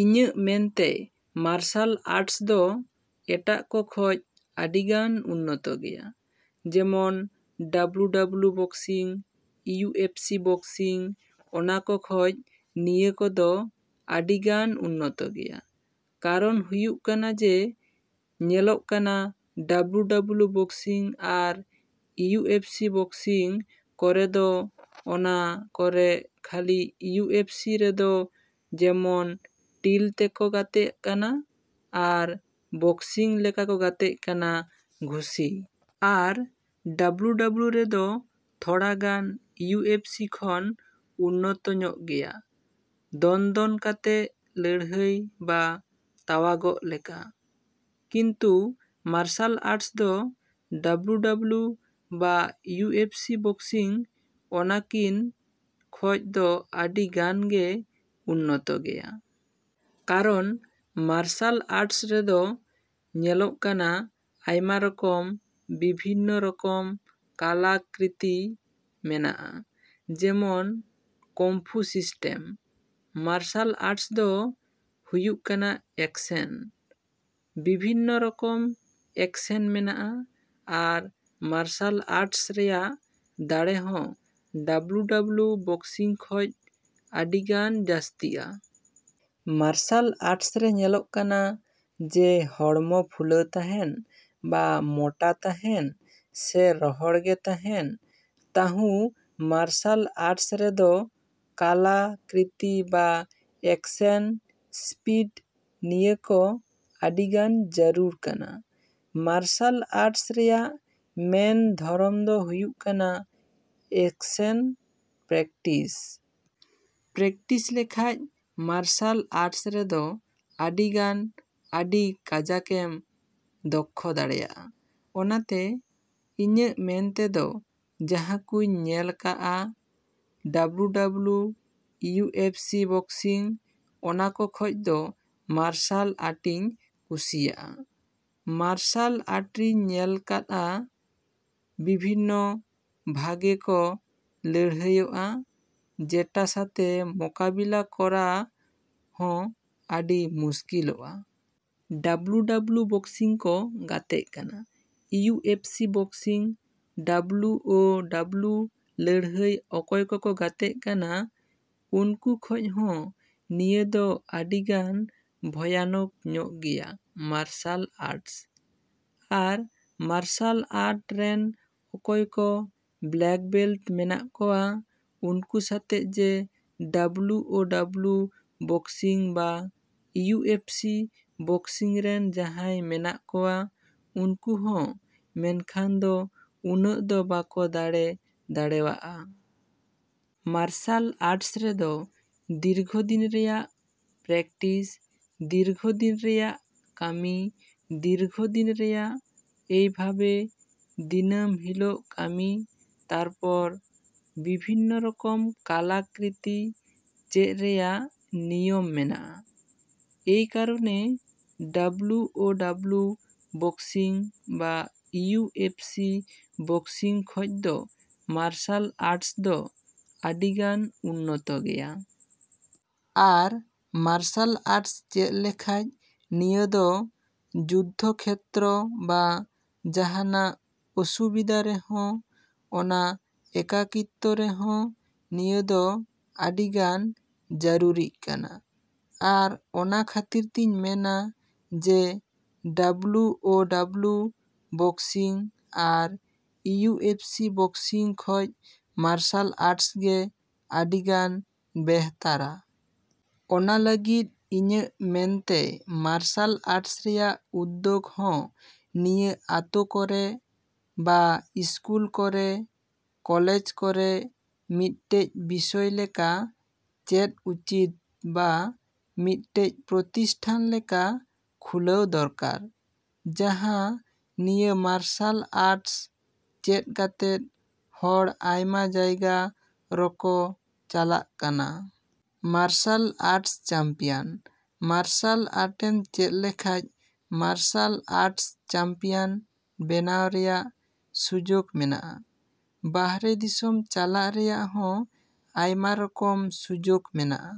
ᱤᱧᱟᱹᱜ ᱢᱮᱱᱛᱮ martial arts ᱫᱚ ᱮᱴᱟᱜ ᱠᱚ ᱠᱷᱚᱡ ᱟᱹᱰᱤᱜᱟᱱ ᱩᱱᱱᱚᱛ ᱜᱮᱭᱟ᱾ ᱡᱮᱢᱚᱱ W W boxing, U F C boxing ᱚᱱᱟ ᱠᱚ ᱠᱷᱚᱡ ᱱᱤᱭᱟᱹ ᱠᱚᱫᱚ ᱟᱹᱰᱤᱜᱟᱱ ᱩᱱᱱᱚᱛᱚ ᱜᱮᱭᱟ᱾ ᱠᱟᱨᱚᱱ ᱦᱩᱭᱩᱜ ᱠᱟᱱᱟ ᱡᱮ ᱧᱮᱞᱚᱜ ᱠᱟᱱᱟ ᱰᱟᱵᱞᱩ ᱰᱟᱵᱞᱩ ᱵᱚᱠᱥᱤᱝ ᱟᱨ ᱤᱭᱩ ᱮᱯᱷ ᱥᱤ ᱵᱚᱠᱥᱤᱝ ᱠᱚᱨᱮ ᱫᱚ ᱚᱱᱟ ᱠᱚᱨᱮ ᱠᱷᱟᱹᱞᱤ ᱤᱭᱩ ᱮᱯᱷ ᱥᱤ ᱨᱮᱫᱚ ᱡᱮᱢᱚᱱ ᱴᱤᱞ ᱛᱮᱠᱚ ᱜᱟᱛᱮᱜ ᱠᱟᱱᱟ, ᱟᱨ ᱵᱚᱠᱥᱤᱝ ᱞᱮᱠᱟ ᱠᱚ ᱜᱟᱛᱮᱜ ᱠᱟᱱᱟ ᱜᱷᱩᱥᱤ᱾ ᱟᱨ ᱰᱟᱵᱞᱩ ᱰᱟᱵᱞᱩ ᱨᱮᱫᱚ ᱛᱷᱚᱲᱟ ᱜᱟᱱ ᱤᱭᱩ ᱮᱯᱷ ᱥᱤ ᱠᱷᱚᱱ ᱩᱱᱱᱚᱛᱚ ᱧᱚᱜ ᱜᱮᱭᱟ ᱫᱚᱱ ᱫᱚᱱ ᱠᱟᱛᱮ ᱞᱟᱹᱲᱦᱟᱹᱭ ᱵᱟ ᱛᱟᱣᱟᱜᱚᱜ ᱞᱮᱠᱟ᱾ ᱠᱤᱱᱛᱩ ᱢᱟᱨᱥᱟᱞ ᱟᱨᱴᱥ ᱫᱚ ᱰᱟᱵᱞᱩ ᱰᱟᱵᱞᱩ ᱵᱟ ᱤᱭᱩ ᱮᱯᱷ ᱥᱤ ᱵᱚᱠᱥᱤᱝ ᱚᱱᱟ ᱠᱤᱱ ᱠᱷᱚᱡ ᱫᱚ ᱟᱹᱰᱤ ᱜᱟᱱ ᱜᱮ ᱩᱱᱱᱚᱛᱚ ᱜᱮᱭᱟ᱾ ᱠᱟᱨᱚᱱ ᱢᱟᱨᱥᱟᱞ ᱟᱨᱴᱥ ᱨᱮᱫᱚ ᱧᱮᱞᱚᱜ ᱠᱟᱱᱟ ᱟᱭᱢᱟ ᱨᱚᱠᱚᱢ ᱵᱤᱵᱷᱤᱱᱱᱚ ᱨᱚᱠᱚᱢ ᱠᱟᱞᱟ ᱠᱨᱤᱛᱤ ᱢᱮᱱᱟᱜᱼᱟ᱾ ᱡᱮᱢᱚᱱ ᱠᱚᱢᱯᱷᱩ ᱥᱤᱥᱴᱮᱢ, ᱢᱟᱨᱥᱟᱞ ᱟᱨᱴᱥ ᱫᱚ ᱦᱩᱭᱩᱜ ᱠᱟᱱᱟ ᱮᱠᱥᱮᱱ᱾ ᱵᱤᱵᱷᱤᱱᱱᱚ ᱨᱚᱠᱚᱢ ᱮᱠᱥᱮᱱ ᱢᱮᱱᱟᱜᱼᱟ, ᱟᱨ ᱢᱟᱨᱥᱟᱞ ᱟᱨᱴᱥ ᱨᱮᱭᱟᱜ ᱫᱟᱲᱮ ᱦᱚᱸ ᱰᱟᱵᱞᱩ ᱰᱟᱵᱞᱩ ᱵᱚᱠᱥᱤᱝ ᱠᱷᱚᱡ ᱟᱹᱰᱤᱜᱟᱱ ᱡᱟᱹᱥᱛᱤᱜᱼᱟ᱾ ᱢᱟᱨᱥᱟᱞ ᱟᱨᱴᱥ ᱨᱮ ᱧᱮᱞᱚᱜ ᱠᱟᱱᱟ ᱡᱮ ᱦᱚᱲᱢᱚ ᱯᱷᱩᱞᱟᱹᱣ ᱛᱟᱦᱮᱱ ᱵᱟ ᱢᱚᱴᱟ ᱛᱟᱦᱮᱱ ᱥᱮ ᱨᱚᱦᱚᱲ ᱜᱮ ᱛᱟᱦᱮᱱ ᱛᱟᱦᱩᱸ ᱢᱟᱨᱥᱟᱞ ᱟᱨᱴᱥ ᱨᱮᱫᱚ ᱠᱟᱞᱟ ᱠᱨᱤᱛᱤ ᱵᱟ ᱮᱠᱥᱮᱱ ᱤᱥᱯᱤᱰ ᱱᱤᱭᱟᱹ ᱠᱚ ᱟᱹᱰᱤᱜᱟᱱ ᱡᱟᱹᱨᱩᱲ ᱠᱟᱱᱟ᱾ ᱢᱟᱨᱥᱟᱞ ᱟᱨᱴᱥ ᱨᱮᱭᱟᱜ ᱢᱮᱱ ᱫᱷᱚᱨᱚᱢ ᱫᱚ ᱦᱩᱭᱩᱜ ᱠᱟᱱᱟ ᱮᱠᱥᱮᱱ ᱯᱨᱮᱠᱴᱤᱥ᱾ ᱯᱨᱮᱠᱴᱤᱥ ᱞᱮᱠᱷᱟᱡ ᱢᱟᱨᱥᱟᱞ ᱟᱨᱴᱥ ᱨᱮᱫᱚ ᱟᱹᱰᱤᱜᱟᱱ ᱟᱹᱰᱤ ᱠᱟᱡᱟᱠᱮᱢ ᱫᱚᱠᱠᱷᱚ ᱫᱟᱲᱮᱭᱟᱜᱼᱟ᱾ ᱚᱱᱟᱛᱮ ᱤᱧᱟᱹᱜ ᱢᱮᱱᱛᱮᱫᱚ ᱡᱟᱦᱟᱸᱠᱩᱧ ᱧᱮᱞ ᱠᱟᱜᱼᱟ W W U F C boxing, ᱚᱱᱟ ᱠᱚ ᱠᱷᱚᱡ ᱫᱚ ᱢᱟᱨᱥᱟᱞ ᱟᱨᱴᱤᱧ ᱠᱩᱥᱤᱣᱟᱜᱼᱟ᱾ ᱢᱟᱨᱥᱟᱞ ᱟᱨᱴᱨᱤᱧ ᱧᱮᱞ ᱠᱟᱫᱼᱟ ᱵᱤᱵᱷᱤᱱᱱᱚ ᱵᱷᱟᱵᱮ ᱠᱚ ᱞᱟᱹᱲᱦᱟᱹᱭᱚᱜᱼᱟ ᱡᱮᱴᱟ ᱥᱟᱛᱮ ᱢᱚᱠᱟᱵᱤᱞᱟ ᱠᱚᱨᱟ ᱦᱚᱸ ᱟᱹᱰᱤ ᱢᱩᱥᱠᱤᱞᱚᱜᱼᱟ᱾ ᱰᱟᱵᱞᱩ ᱰᱟᱵᱞᱩ ᱵᱚᱠᱥᱤᱝ ᱠᱚ ᱜᱟᱛᱮᱜ ᱠᱟᱱᱟ, U F C boxing, W O W ᱞᱟᱹᱲᱦᱟᱹᱭ ᱚᱠᱚᱭ ᱠᱚᱠᱚ ᱜᱟᱛᱮᱜ ᱠᱟᱱᱟ ᱩᱱᱠᱩ ᱠᱷᱚᱡ ᱦᱚᱸ ᱱᱤᱭᱟᱹ ᱫᱚ ᱟᱹᱰᱤ ᱜᱟᱱ ᱵᱷᱚᱭᱟᱱᱚᱠ ᱧᱚᱜ ᱜᱮᱭᱟ ᱢᱟᱨᱥᱟᱞ ᱟᱨᱴᱥ᱾ ᱟᱨ ᱢᱟᱨᱥᱟᱞ ᱟᱨᱴ ᱨᱮᱱ ᱚᱠᱚᱭ ᱠᱚ ᱵᱞᱮᱠ ᱵᱮᱞᱴ ᱢᱮᱱᱟᱜ ᱠᱚᱣᱟ ᱩᱱᱠᱩ ᱥᱟᱛᱮᱜ ᱡᱮ ᱰᱟᱵᱞᱩ ᱳᱰᱟᱵᱞᱩ ᱵᱚᱠᱥᱤᱝ ᱵᱟ ᱤᱭᱩ ᱮᱯᱷ ᱥᱤ ᱵᱚᱠᱥᱤᱝ ᱨᱮᱱ ᱡᱟᱦᱟᱸᱭ ᱢᱮᱱᱟᱜ ᱠᱚᱣᱟ ᱩᱱᱠᱩ ᱦᱚᱸ ᱢᱮᱱᱠᱷᱟᱱ ᱫᱚ ᱩᱱᱟᱹᱜ ᱫᱚ ᱵᱟᱠᱚ ᱫᱟᱲᱮ ᱫᱟᱲᱮᱣᱟᱜᱼᱟ᱾ ᱢᱟᱨᱥᱟᱞ ᱟᱨᱴᱥ ᱨᱮᱫᱚ ᱫᱤᱨᱜᱷᱚᱫᱤᱱ ᱨᱮᱭᱟᱜ ᱯᱨᱮᱠᱴᱤᱥ, ᱫᱤᱨᱜᱷᱚ ᱫᱤᱱ ᱨᱮᱭᱟᱜ ᱠᱟᱹᱢᱤ, ᱫᱤᱨᱜᱷᱚ ᱫᱤᱱ ᱨᱮᱭᱟᱜ ᱮᱭᱵᱷᱟᱵᱮ ᱫᱤᱱᱟᱹᱢ ᱦᱤᱞᱳᱚᱜ ᱠᱟᱹᱢᱤ, ᱛᱟᱨᱯᱚᱨ ᱵᱤᱵᱷᱤᱱᱚ ᱨᱚᱠᱚᱢ ᱠᱟᱞᱟ ᱠᱨᱤᱛᱤ ᱪᱮᱫ ᱨᱮᱭᱟᱜ ᱱᱤᱭᱚᱢ ᱢᱮᱱᱟᱜᱼᱟ᱾ ᱮᱭ ᱠᱟᱨᱚᱱᱮ ᱰᱟᱵᱞᱩ ᱳᱰᱟᱵᱞᱩ ᱵᱚᱠᱥᱤᱝ ᱵᱟ ᱤᱭᱩ ᱮᱯᱷ ᱥᱤ ᱵᱚᱠᱥᱤᱝ ᱠᱷᱚᱡ ᱫᱚ ᱢᱟᱨᱥᱟᱞ ᱟᱨᱴᱥ ᱫᱚ ᱟᱹᱰᱤᱜᱟᱱ ᱩᱱᱱᱚᱛᱚ ᱜᱮᱭᱟ᱾ ᱟᱨ ᱢᱟᱨᱥᱟᱞ ᱟᱨᱴᱥ ᱪᱮᱫ ᱞᱮᱠᱷᱟᱡ ᱱᱤᱭᱟᱹ ᱫᱚ ᱡᱩᱫᱽᱫᱷᱚ ᱠᱷᱮᱛᱨᱚ ᱵᱟ ᱡᱟᱦᱟᱱᱟᱜ ᱚᱥᱩᱵᱤᱫᱟ ᱨᱮᱦᱚᱸ, ᱚᱱᱟ ᱮᱠᱟᱠᱤᱛᱛᱚ ᱨᱮᱦᱚᱸ ᱱᱤᱭᱟᱹ ᱫᱚ ᱟᱹᱰᱤᱜᱟᱱ ᱡᱟᱹᱨᱩᱨᱤᱜ ᱠᱟᱱᱟ᱾ ᱟᱨ ᱚᱱᱟ ᱠᱷᱟᱹᱛᱤᱨ ᱛᱤᱧ ᱢᱮᱱᱟ ᱡᱮ ᱰᱟᱵᱞᱩ ᱳᱰᱟᱵᱞᱩ ᱵᱚᱠᱥᱤᱝ ᱟᱨ ᱤᱭᱩ ᱮᱯᱷ ᱥᱤ ᱵᱚᱠᱥᱤᱝ ᱠᱷᱚᱡ ᱢᱟᱨᱥᱟᱞ ᱟᱨᱴᱥ ᱜᱮ ᱟᱹᱰᱤ ᱜᱟᱱ ᱵᱮᱦᱛᱟᱨᱟ᱾ ᱚᱱᱟ ᱞᱟᱹᱜᱤᱫ ᱤᱧᱟᱹᱜ ᱢᱮᱱᱛᱮ ᱢᱟᱨᱥᱟᱞ ᱟᱨᱴᱥ ᱨᱮᱭᱟᱜ ᱩᱫᱽᱫᱳᱜᱽ ᱦᱚᱸ ᱱᱤᱭᱟᱹ ᱟᱛᱳ ᱠᱚᱨᱮ ᱵᱟ ᱤᱥᱠᱩᱞ ᱠᱚᱨᱮ, ᱠᱚᱞᱮᱡᱽ ᱠᱚᱨᱮ ᱢᱤᱫᱴᱮᱡ ᱵᱤᱥᱚᱭ ᱞᱮᱠᱟ ᱪᱮᱫ ᱩᱪᱤᱛ ᱵᱟ ᱢᱤᱫᱴᱮᱡ ᱯᱨᱚᱛᱤᱥᱴᱷᱟᱱ ᱞᱮᱠᱟ ᱠᱷᱩᱞᱟᱹᱣ ᱫᱚᱨᱠᱟᱨ᱾ ᱡᱟᱦᱟᱸ ᱱᱤᱭᱟᱹ ᱢᱟᱨᱥᱟᱞ ᱟᱨᱴᱥ ᱪᱮᱫ ᱠᱟᱛᱮ ᱦᱚᱲ ᱟᱭᱢᱟ ᱡᱟᱭᱜᱟ ᱨᱚᱠᱚ ᱪᱟᱞᱟᱜ ᱠᱟᱱᱟ᱾ ᱢᱟᱨᱥᱟᱞ ᱟᱨᱴᱥ ᱪᱟᱢᱯᱤᱭᱟᱱ, ᱢᱟᱨᱥᱟᱞ ᱟᱨᱴᱮᱢ ᱪᱮᱫ ᱞᱮᱠᱷᱟᱡ ᱢᱟᱨᱥᱟᱞ ᱟᱨᱴᱥ ᱪᱟᱢᱯᱤᱭᱟᱱ ᱵᱮᱱᱟᱣ ᱨᱮᱭᱟᱜ ᱥᱩᱡᱳᱜᱽ ᱢᱮᱱᱟᱜᱼᱟ᱾ ᱵᱟᱨᱦᱮ ᱫᱤᱥᱚᱢ ᱪᱟᱞᱟᱜ ᱨᱮᱭᱟᱜ ᱦᱚᱸ ᱟᱭᱢᱟ ᱨᱚᱠᱚᱢ ᱥᱩᱡᱳᱜᱽ ᱢᱮᱱᱟᱜᱼᱟ᱾